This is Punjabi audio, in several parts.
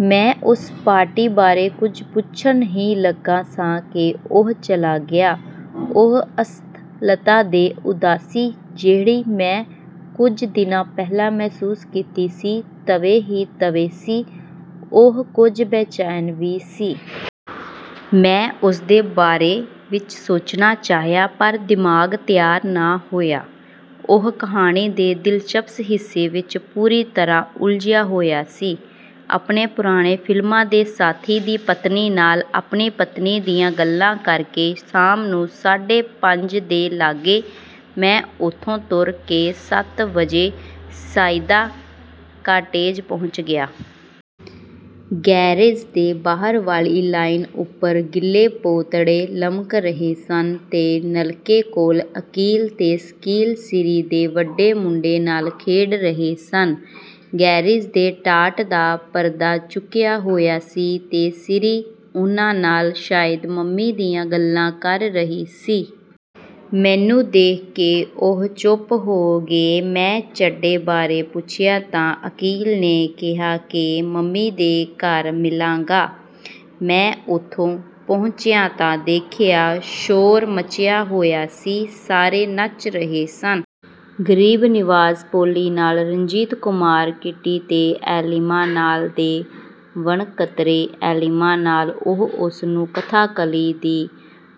ਮੈਂ ਉਸ ਪਾਰਟੀ ਬਾਰੇ ਕੁਝ ਪੁੱਛਣ ਹੀ ਲੱਗਾ ਸਾਂ ਕਿ ਉਹ ਚਲਾ ਗਿਆ। ਉਹ ਸਿੱਥਲਤਾ ਤੇ ਉਦਾਸੀ ਜਿਹੜੀ ਮੈਂ ਕੁਝ ਦਿਨ ਪਹਿਲਾਂ ਮਹਿਸੂਸ ਕੀਤੀ ਸੀ, ਤਿਵੇਂ ਦੀ ਤਿਵੇਂ ਸੀ। ਉਹ ਕੁਝ ਬੇਚੈਨ ਵੀ ਸੀ। ਮੈਂ ਉਸਦੇ ਬਾਰੇ ਵਿਚ ਸੋਚਣਾ ਚਾਹਿਆ, ਪਰ ਦਿਮਾਗ ਤਿਆਰ ਨਾ ਹੋਇਆ। ਉਹ ਕਹਾਣੀ ਦੇ ਦਿਲਚਸਪ ਹਿੱਸੇ ਵਿਚ ਪੂਰੀ ਤਰ੍ਹਾਂ ਉਲਝਿਆ ਹੋਇਆ ਸੀ। ਆਪਣੇ ਪੁਰਾਣੇ ਫਿਲਮਾਂ ਦੇ ਸਾਥੀ ਦੀ ਪਤਨੀ ਨਾਲ ਆਪਣੀ ਪਤਨੀ ਦੀਆਂ ਗੱਲਾਂ ਕਰਕੇ ਸ਼ਾਮ ਨੂੰ ਸਾਢੇ ਪੰਜ ਦੇ ਲਾਗੇ ਮੈਂ ਉੱਥੋਂ ਤੁਰ ਕੇ ਸੱਤ ਵਜੇ ਸਈਦਾ ਕਾਟੇਜ ਪਹੁੰਚ ਗਿਆ। ਗੈਰੇਜ ਦੇ ਬਾਹਰ ਵਾਲੀ ਲਾਅਨ ਉਪਰ ਗਿੱਲੇ ਪੋਤੜੇ ਲਮਕ ਰਹੇ ਸਨ ਤੇ ਨਲਕੇ ਕੋਲ ਅਕੀਲ ਤੇ ਸਕੀਲ ਸੀਰੀਂ ਦੇ ਵੱਡੇ ਮੁੰਡੇ ਨਾਲ ਖੇਡ ਰਹੇ ਸਨ। ਗੈਰੇਜ ਦੇ ਟਾਟ ਦਾ ਪਰਦਾ ਚੁੱਕਿਆ ਹੋਇਆ ਸੀ ਤੇ ਸੀਰੀਂ ਉਹਨਾਂ ਨਾਲ ਸ਼ਾਇਦ ਮੰਮੀ ਦੀਆਂ ਗੱਲਾਂ ਕਰ ਰਹੀ ਸੀ। ਮੈਨੂੰ ਦੇਖ ਕੇ ਉਹ ਚੁੱਪ ਹੋ ਗਏ। ਮੈਂ ਚੱਡੇ ਬਾਰੇ ਪੁੱਛਿਆ ਤਾਂ ਅਕੀਲ ਨੇ ਕਿਹਾ ਕਿ ਮੰਮੀ ਦੇ ਘਰ ਮਿਲੇਗਾ। ਮੈਂ ਉੱਥੇ ਪਹੁੰਚਿਆ ਤਾਂ ਦੇਖਿਆ, ਸ਼ੋਰ ਮੱਚਿਆ ਹੋਇਆ ਸੀ ਸਾਰੇ ਨੱਚ ਰਹੇ ਸਨ। ਗਰੀਬ ਨਿਵਾਜ ਪੋਲੀ ਨਾਲ, ਰਣਜੀਤ ਕੁਮਾਰ ਕਿੱਟੀ ਤੇ ਐਲਿਮਾ ਨਾਲ ਤੇ ਵਣਕਤਰੇ ਥੈਲਿਮਾ ਨਾਲ। ਉਹ ਉਸਨੂੰ ਕਥਾ ਕਲੀ ਦੀ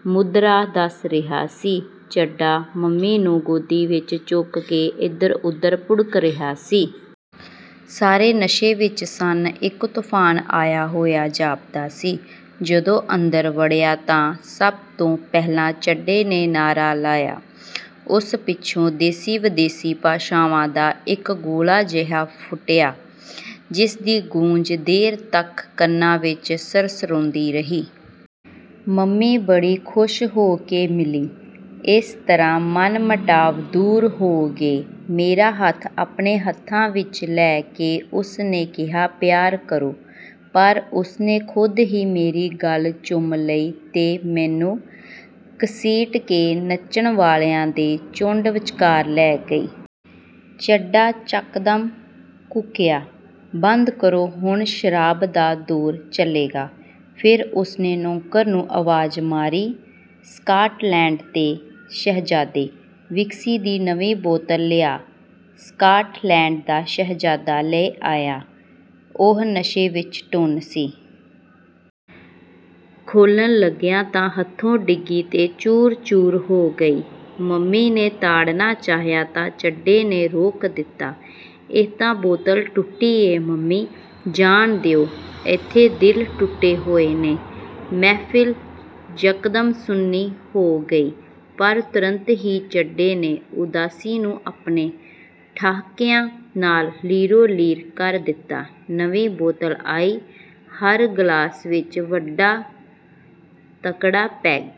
ਮੁਦਰਾ ਦਸ ਰਿਹਾ ਸੀ। ਚੱਡਾ ਮੰਮੀ ਨੂੰ ਗੋਦੀ ਵਿਚ ਚੁੱਕ ਕੇ ਇਧਰ-ਉਧਰ ਭੁੜਕ ਰਿਹਾ ਸੀ। ਸਾਰੇ ਨਸ਼ੇ ਵਿਚ ਸਨ। ਇਕ ਤੂਫਾਨ ਆਇਆ ਹੋਇਆ ਜਾਪਦਾ ਸੀ। ਜਦੋਂ ਅੰਦਰ ਵੜਿਆ ਤਾਂ ਸਭ ਤੋਂ ਪਹਿਲਾਂ ਚੱਡੇ ਨੇ ਨਾਅਰਾ ਲਾਇਆ। ਉਸ ਪਿੱਛੋਂ ਦੇਸੀ ਵਿਦੇਸ਼ੀ ਭਾਸ਼ਾਵਾਂ ਦਾ ਇਕ ਗੋਲਾ ਜਿਹਾ ਫੁੱਟਿਆ, ਜਿਸ ਦੀ ਗੂੰਜ ਦੇਰ ਤਕ ਕੰਨਾਂ ਵਿਚ ਸਰਸਰਾਉਂਦੀ ਰਹੀ। ਮੰਮੀ ਬੜੀ ਖੁਸ਼ ਹੋ ਕੇ ਮਿਲੀ। ਇਸ ਤਰ੍ਹਾਂ ਮਨਮਟਾਵ ਦੂਰ ਹੋ ਗਏ। ਮੇਰਾ ਹੱਥ ਆਪਣੇ ਹੱਥ ਵਿਚ ਲੈ ਕੇ ਉਸਨੇ ਕਿਹਾ, ਪਿਆਰ ਕਰੋ! " ਪਰ ਉਸਨੇ ਖ਼ੁਦ ਹੀ ਮੇਰੀ ਗੱਲ੍ਹ ਚੁੰਮ ਲਈ ਤੇ ਮੈਨੂੰ ਘਸੀਟ ਕੇ ਨੱਚਣ ਵਾਲਿਆਂ ਦੇ ਝੂੰਡ ਵਿਚਕਾਰ ਲੈ ਗਈ। ਚੱਡਾ ਯਕਦਮ ਕੂਕਿਆ, "ਬੰਦ ਕਰੋ ਹੁਣ ਸ਼ਰਾਬ ਦਾ ਦੌਰ ਚੱਲੇਗਾ! " ਫੇਰ ਉਸਨੇ ਨੌਕਰ ਨੂੰ ਆਵਾਜ਼ ਮਾਰੀ, "ਸਕਾਟਲੈਂਡ ਦੇ ਸ਼ਹਿਜ਼ਾਦੇ! ਵਿਸਕੀ ਦੀ ਨਵੀਂ ਬੋਤਲ ਲਿਆ! " ਸਕਾਟਲੈਂਡ ਦਾ ਸ਼ਹਿਜ਼ਾਦਾ ਲੈ ਆਇਆ। ਉਹ ਨਸ਼ੇ ਵਿਚ ਟੁੰਨ ਸੀ। ਖੋਹਲਣ ਲੱਗਿਆ ਤਾਂ ਹੱਥੋਂ ਡਿੱਗੀ ਤੇ ਚੂਰ-ਚੂਰ ਹੋ ਗਈ। ਮੰਮੀ ਨੇ ਤਾੜਨਾਂ ਚਾਹਿਆ ਤਾਂ ਚੱਡੇ ਨੇ ਰੋਕ ਦਿੱਤਾ, "ਇਹ ਤਾਂ ਬੋਤਲ ਟੁੱਟੀ ਏ ਮੰਮੀ, ਜਾਣ ਦਿਓ, ਏਥੇ ਦਿਲ ਟੁੱਟੇ ਹੋਏ ਨੇ। " ਮਹਿਫ਼ਿਲ ਯਕਦਮ ਸੁੰਨੀ ਹੋ ਗਈ, ਪਰ ਤੁਰੰਤ ਹੀ ਚੱਡੇ ਨੇ ਉਦਾਸੀ ਨੂੰ ਆਪਣੇ ਠਹਾਕਿਆਂ ਨਾਲ ਲੀਰੋ-ਲੀਰ ਕਰ ਦਿੱਤਾ। ਨਵੀਂ ਬੋਤਲ ਆਈ। ਹਰ ਗਲਾਸ ਵਿਚ ਵੱਡਾ ਤਕੜਾ ਪੈਗ